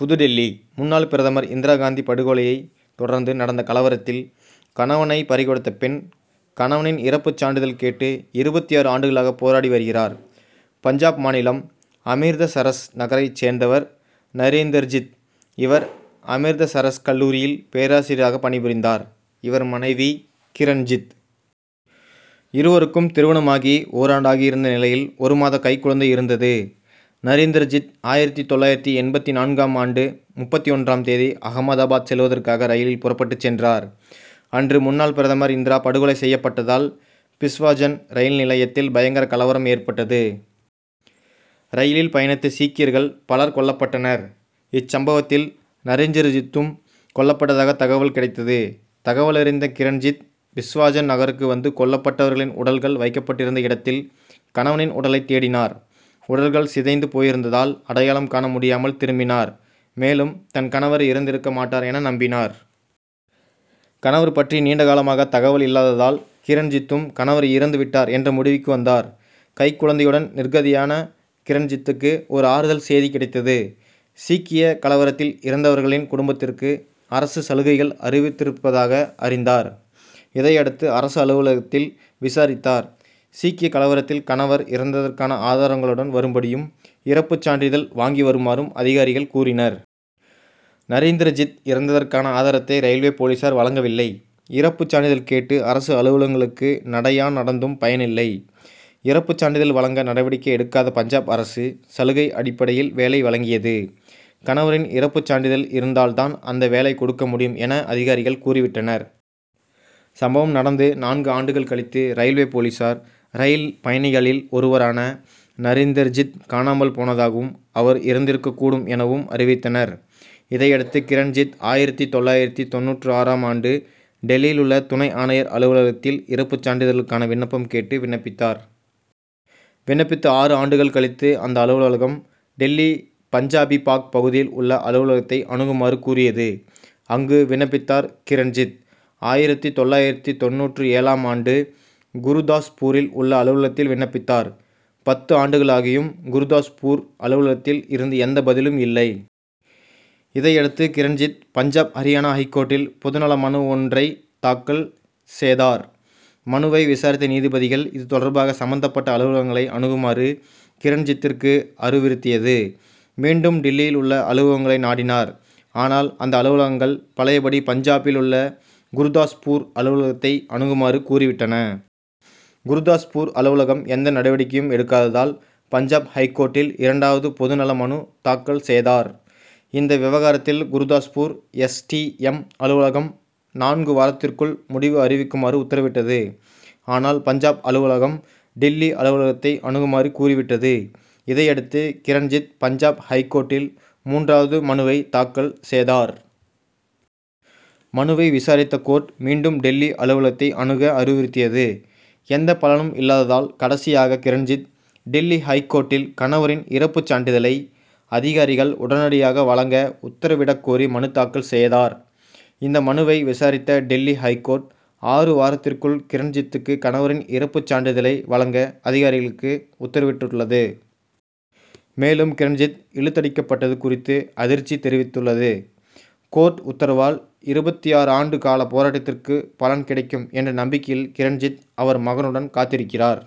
புதுடில்லி:முன்னாள் பிரதமர் இந்திரா காந்தி படுகொலையை தொடர்ந்து நடந்த கலவரத்தில், கணவனை பறிகொடுத்த பெண், கணவனின் இறப்பு சான்றிதழ் கேட்டு, இருபத்தாறு ஆண்டுகளாக போராடி வருகிறார். பஞ்சாப் மாநிலம் அமிர்தசரஸ் நகரைச் சேர்ந்தவர் நரீந்தர்ஜித். இவர், அமிர்தசரஸ் கல்லூரியில் பேராசிரியராக பணிபுரிந்தார். இவர் மனைவி கிரண்ஜித். இருவருக்கும் திருமணமாகி ஓராண்டாகியிருந்த நிலையில், ஒரு மாத கைக்குழந்தை இருந்தது. நரீந்தர்ஜித், ஆயிரத்து தொள்ளாயிரத்து எண்பத்து நான்காம் ஆண்டு முப்பத்தொன்றாம் தேதி ஆமதாபாத் செல்வதற்காக, ரயிலில் புறப்பட்டுச் சென்றார். அன்று, முன்னாள் பிரதமர் இந்திரா படுகொலை செயப்பட்டதால், பிஸ்வாஜன் ரயில் நிலையத்தில் பயங்கர கலவரம் ஏற்பட்டது. ரயிலில் பயணித்த சீக்கியர்கள் பலர் கொல்லப்பட்டனர். இச்சம்பவத்தில் நரீந்தர்ஜித்தும் கொல்லப்பட்டதாக தகவல் கிடைத்தது. தகவலறிந்த கிரண்ஜித், பிஸ்வாஜன் நகருக்கு வந்து கொல்லப்பட்டவர்களின் உடல்கள் வைக்கப்பட்டிருந்த இடத்தில் கணவனின் உடலை தேடினார். உடல்கள் சிதைந்து போயிருந்ததால் அடையாளம் காண முடியாமல் திரும்பினார். மேலும், தன் கணவர் இறந்திருக்க மாட்டார் என நம்பினார். கணவர் பற்றி நீண்ட காலமாக தகவல் இல்லாததால், கிரண்ஜித்தும் கணவர் இறந்து விட்டார் என்ற முடிவுக்கு வந்தார். கைக்குழந்தையுடன் நிர்கதியான கிரண்ஜித்துக்கு, ஒரு ஆறுதல் செதி கிடைத்தது. சீக்கிய கலவரத்தில் இறந்தவர்களின் குடும்பத்திற்கு, அரசு சலுகைகள் அறிவித்திருப்பதாக அறிந்தார். இதையடுத்து அரசு அலுவலகத்தில் விசாரித்தார். சீக்கிய கலவரத்தில் கணவர் இறந்ததற்கான ஆதாரங்களுடன் வரும்படியும், இறப்பு சான்றிதழ் வாங்கி வருமாறும், அதிகாரிகள் கூறினர். நரீந்தர்ஜித் இறந்ததற்கான ஆதாரத்தை ரயில்வே போலீசார் வழங்கவில்லை. இறப்பு சான்றிதழ் கேட்டு அரசு அலுவலகங்களுக்கு, நடையா நடந்தும் பயனில்லை. இறப்பு சான்றிதழ் வழங்க நடவடிக்கை எடுக்காத பஞ்சாப் அரசு, சலுகை அடிப்படையில் வேலை வழங்கியது. கணவரின் இறப்பு சான்றிதழ் இருந்தால் தான் அந்த வேலை கொடுக்க முடியும் என, அதிகாரிகள் கூறிவிட்டனர். சம்பவம் நடந்து நான்கு ஆண்டுகள் கழித்து ரயில்வே போலீசார், ரயில் பயணிகளில் ஒருவரான நரீந்தர்ஜித் காணாமல் போனதாகவும், அவர் இறந்திருக்கக் கூடும் எனவும் அறிவித்தனர். இதையடுத்து கிரண்ஜித், ஆயிரத்து தொள்ளாயிரத்து தொண்ணூறாம் ஆண்டு டில்லியில் உள்ள துணை ஆணையர் அலுவலகத்தில் இறப்பு சான்றிதழுக்கான விண்ணப்பம் கேட்டு விண்ணப்பித்தார். விண்ணப்பித்து ஆறு ஆண்டுகள் கழித்து அந்த அலுவலகம், டில்லி பஞ்சாபிபாக் பகுதியில் உள்ள அலுவலகத்தை அணுகுமாறு கூறியது. அங்கு விண்ணப்பித்தார் கிரண்ஜித். ஆயிரத்து தொள்ளாயிரத்து தொண்ணூற்று ஏழாம் ஆண்டு, குருதாஸ்பூரில் உள்ள அலுவலகத்தில் விண்ணப்பித்தார். பத்து ஆண்டுகளாகியும் குருதாஸ்பூர் அலுவலகத்தில் இருந்து எந்த பதிலும் இல்லை. இதையடுத்து கிரண்ஜித் பஞ்சாப் அரியானா ஐகோர்ட்டில் பொதுநல மனு ஒன்றை தாக்கல் செதார். மனுவை விசாரித்த நீதிபதிகள் இது தொடர்பாக சம்பந்தப்பட்ட அலுவலகங்களை அணுகுமாறு, கிரண்ஜித்திற்கு அறிவுறுத் தியது. மீண்டும் டில்லியில் உள்ள அலுவலகங்களை நாடினார். ஆனால் அந்த அலுவலகங்கள் பழையபடி பஞ்சாபில் உள்ள குருதாஸ்பூர் அலுவலகத்தை அணுகுமாறு கூறிவிட்டன. குருதாஸ்பூர் அலுவலகம் எந்த நடவடிக்கையும் எடுக்காததால், பஞ்சாப் ஐகோர்ட்டில் இரண்டாவது பொதுநல மனு தாக்கல் செதார். இந்த விவகாரத்தில் குருதாஸ்பூர் எஸ். டி. எம்., அலுவலகம், நான்கு வாரத்திற்குள் முடிவு அறிவிக்குமாறு உத்தரவிட்டது. ஆனால், பஞ்சாப் அலுவலகம், டில்லி அலுவலகத்தை அணுகுமாறு கூறி விட்டது. இதையடுத்து, கிரண்ஜித், பஞ்சாப் ஐகோர்ட்டில் மூன்றாவது மனுவை தாக்கல் செதார். மனுவை விசாரித்த கோர்ட் மீண்டும் டில்லி அலுவலகத்தை அணுக அறிவுறுத்தியது. எந்த பலனும் இல்லாததால் கடைசியாக கிரண்ஜித், டில்லி ஐகோர்ட்டில் கணவரின் இறப்புச் சான்றிதழை அதிகாரிகள் உடனடியாக வழங்க உத்தரவிட கோரி மனு தாக்கல் செதார். இந்த மனுவை விசாரித்த டில்லி ஐகோர்ட், ஆறு வாரத்திற்குள் கிரண்ஜித்துக்கு கணவரின் இறப்புச் சான்றிதழை வழங்க, அதிகாரிகளுக்கு உத்தரவிட்டுள்ளது. மேலும் கிரண்ஜித் இழுத்தடிக்கப்பட்டது குறித்து அதிர்ச்சி தெரிவித்துள்ளது. கோர்ட் உத்தரவால், இருபத்தாறு ஆண்டு கால போராட்டத்திற்கு பலன் கிடைக்கும் என்ற நம்பிக்கையில் கிரண்ஜித், அவர் மகனுடன் காத்திருக்கிறார்.